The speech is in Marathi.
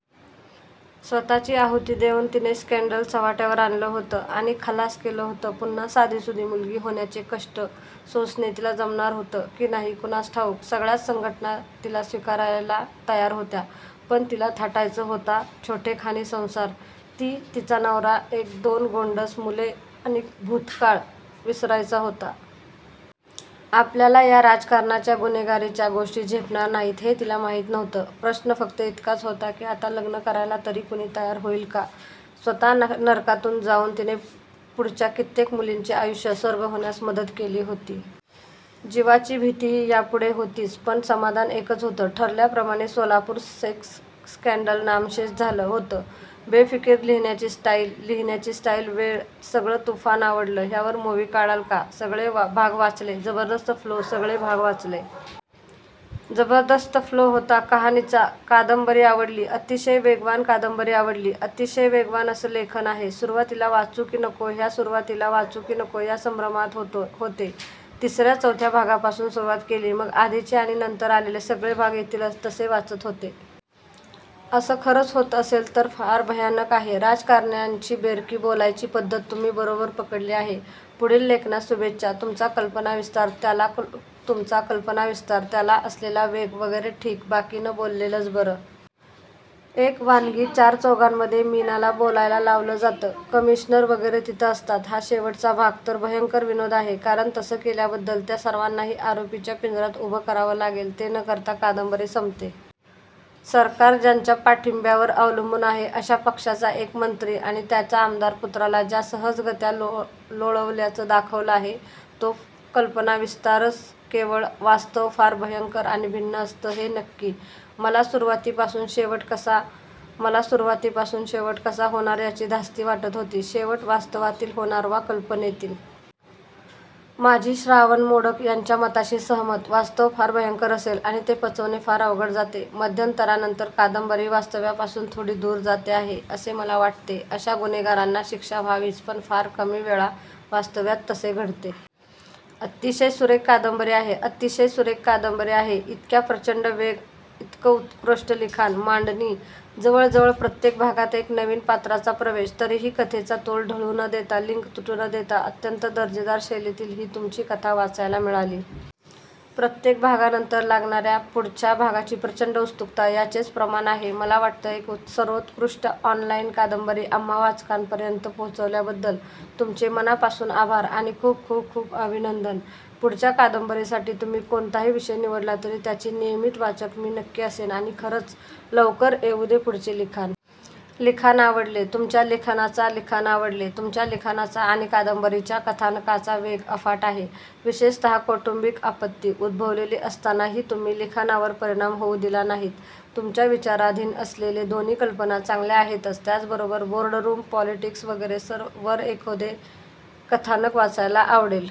स्वत:ची आहुती देऊन तिने स्कॆंडल चव्हाट्यावर आणलं होतं. आणि खलास केलं होतं. पुन्हा साधीसुधी मुलगी होण्याचे कष्ट सोसणे तिला जमणार होतं. की नाही कुणास ठाऊक? सगळ्याच संघटना तिला स्वीकारायला तयार होत्या. पण तिला थाटायच होता छोटेखानी संसार, ती, तिचा नवरा, एक दोन गोंडस मुले, आणि भूतकाळ विसरायचा होता. आपल्याला या राजकारणाच्या, गुन्हेगारीच्या गोष्टी झेपणार नाहीत हे तिला माहीत नव्हतं. प्रश्न फ़क्त इतकाच होता की आता लग्न करायला तरी कुणी तयार होईल का??? स्वत: नरकातून जाऊन तिने पुढच्या कित्येक मुलींचे आयुष्य स्वर्ग होण्यास मदत केली होती. जीवाची भीतीही यापुढे होतीच! पण समाधान एकच होतं. ठरवल्याप्रमाणे सोलापूर सेक्स स्कॆंडल नामशेष झालं होतं! बेफिकीर, लिहिण्याची स्टाईल, लिहिण्याची स्टाईल, वेग सगळ तुफान आवडल. ह्यावर मुव्ही काढाल का?. सगळे भाग वाचले. जबरदस्त फ्लो सगळे भाग वाचले. जबरदस्त फ्लो होता कहाणीचा, कादंबरी आवडली. अतिशय वेगवान कादंबरी आवडली. अतिशय वेगवान असं लेखन आहे. सुरुवातीला वाचु की नको ह्या सुरुवातीला वाचु की नको ह्या संभ्रमात होते. तिसर्या-चौथ्या भागापासून सुरुवात केली. मग आधीचे आणि नंतर आलेले सगळे भाग येतील तसे वाचत होते. असं खरच होत असेल तर फार भयानक आहे. राजकारण्यांची बेरकी बोलायची पद्धत तुम्ही बरोबर पकडली आहे. पुढील लेखनास शुभेच्छा. तुमचा कल्पनाविस्तार, त्याला तुमचा कल्पनाविस्तार, त्याला असलेला वेग वगैरे ठीक. बाकी न बोललेलंच बरं! एक वानगी चार-चौघांमध्ये मीनाला बोलायला लावलं जातं, कमिशनर वगैरे तिथं असतात हा शेवटाचा भाग तर भयंकर विनोद आहे. कारण, तसं केल्याबद्दल त्या सर्वांनाही आरोपीच्या पिंजऱ्यात उभं करावं लागेल. ते न करता कादंबरी संपते. सरकार ज्याच्या पाठिंब्यावर अवलंबून आहे अशा पक्षाचा एक मंत्री आणि त्याच्या आमदार-पुत्राला ज्या सहजगत्या लोळवल्याचं दाखवलं आहे. तो कल्पनाविस्तारच केवळ. वास्तव फार भयंकर आणि भिन्न असतं हे नक्की. मला सुरवाती पासुन शेवट कसा मला सुरवाती पासुन शेवट कसा होणार याची धास्ती वाटत होती, शेवट वास्तवातील होणार वा कल्पनेतील. माझी श्रावण मोडक यांच्या मताशी सहमत. वास्तव फार भयंकर असेल आणि ते पचवणे फार अवघड जाते. मध्यंतरा नंतर कादंबरी वास्तव्या पासुन थोडी दुर जाते आहे. असे मला वाटते. अशा गुन्हेगारांना शिक्षा व्हावीच, पण फार कमी वेळा वास्तव्यात तसे घडते. अतिशय सुरेख कादंबरी आहे. अतिशय सुरेख कादंबरी आहे. इतक्या प्रचंड वेग, इतकं उत्कृष्ट लिखाण, मांडणी, जवळजवळ प्रत्येक भागात एका नवीन पात्राचा प्रवेश, तरीही कथेचा तोल ढळु न देता लिंक तुटू न देता अत्यंत दर्जेदार शैलीतली ही तुमची कथा वाचायला मिळाली. प्रत्येक भागानंतर लागणारी पुढच्या भागाची प्रचंड उत्सुकता याचेच प्रमाण आहे मला वाटतं. एक सर्वोत्कृष्ट ऑनलाईन कादंबरी आम्हा वाचकांपर्यंत पोचवल्याबद्दल तुमचे मनापासुन आभार आणि खुप खुप खुप अभिनंदन!!!! पुढच्या कादंबरीसाठी तुम्ही कोणताही विषय निवडला तरी त्याची नियमीत वाचक मी नक्की असेन आणि खरंच लवकर येऊदे पुढचे लिखाण. लिखाण आवडले. तुमच्या लिखाणाचा लिखाण आवडले. तुमच्या लिखाणाचा आणि कादंबरीच्या कथानकाचा वेग अफाट आहे. विशेषत: कौटुंबिक आपत्ती उद्भवलेली असताना ही तुम्ही लिखाणावर परिणाम होउ दिला नाहीत. तुमच्या विचाराधीन असलेले दोन्ही कल्पना चांगल्या आहेतच त्याच बरोबर बोर्ड रुम पॉलिटिक्स वगैरे वर एखादे कथानक वाचायला आवडेल.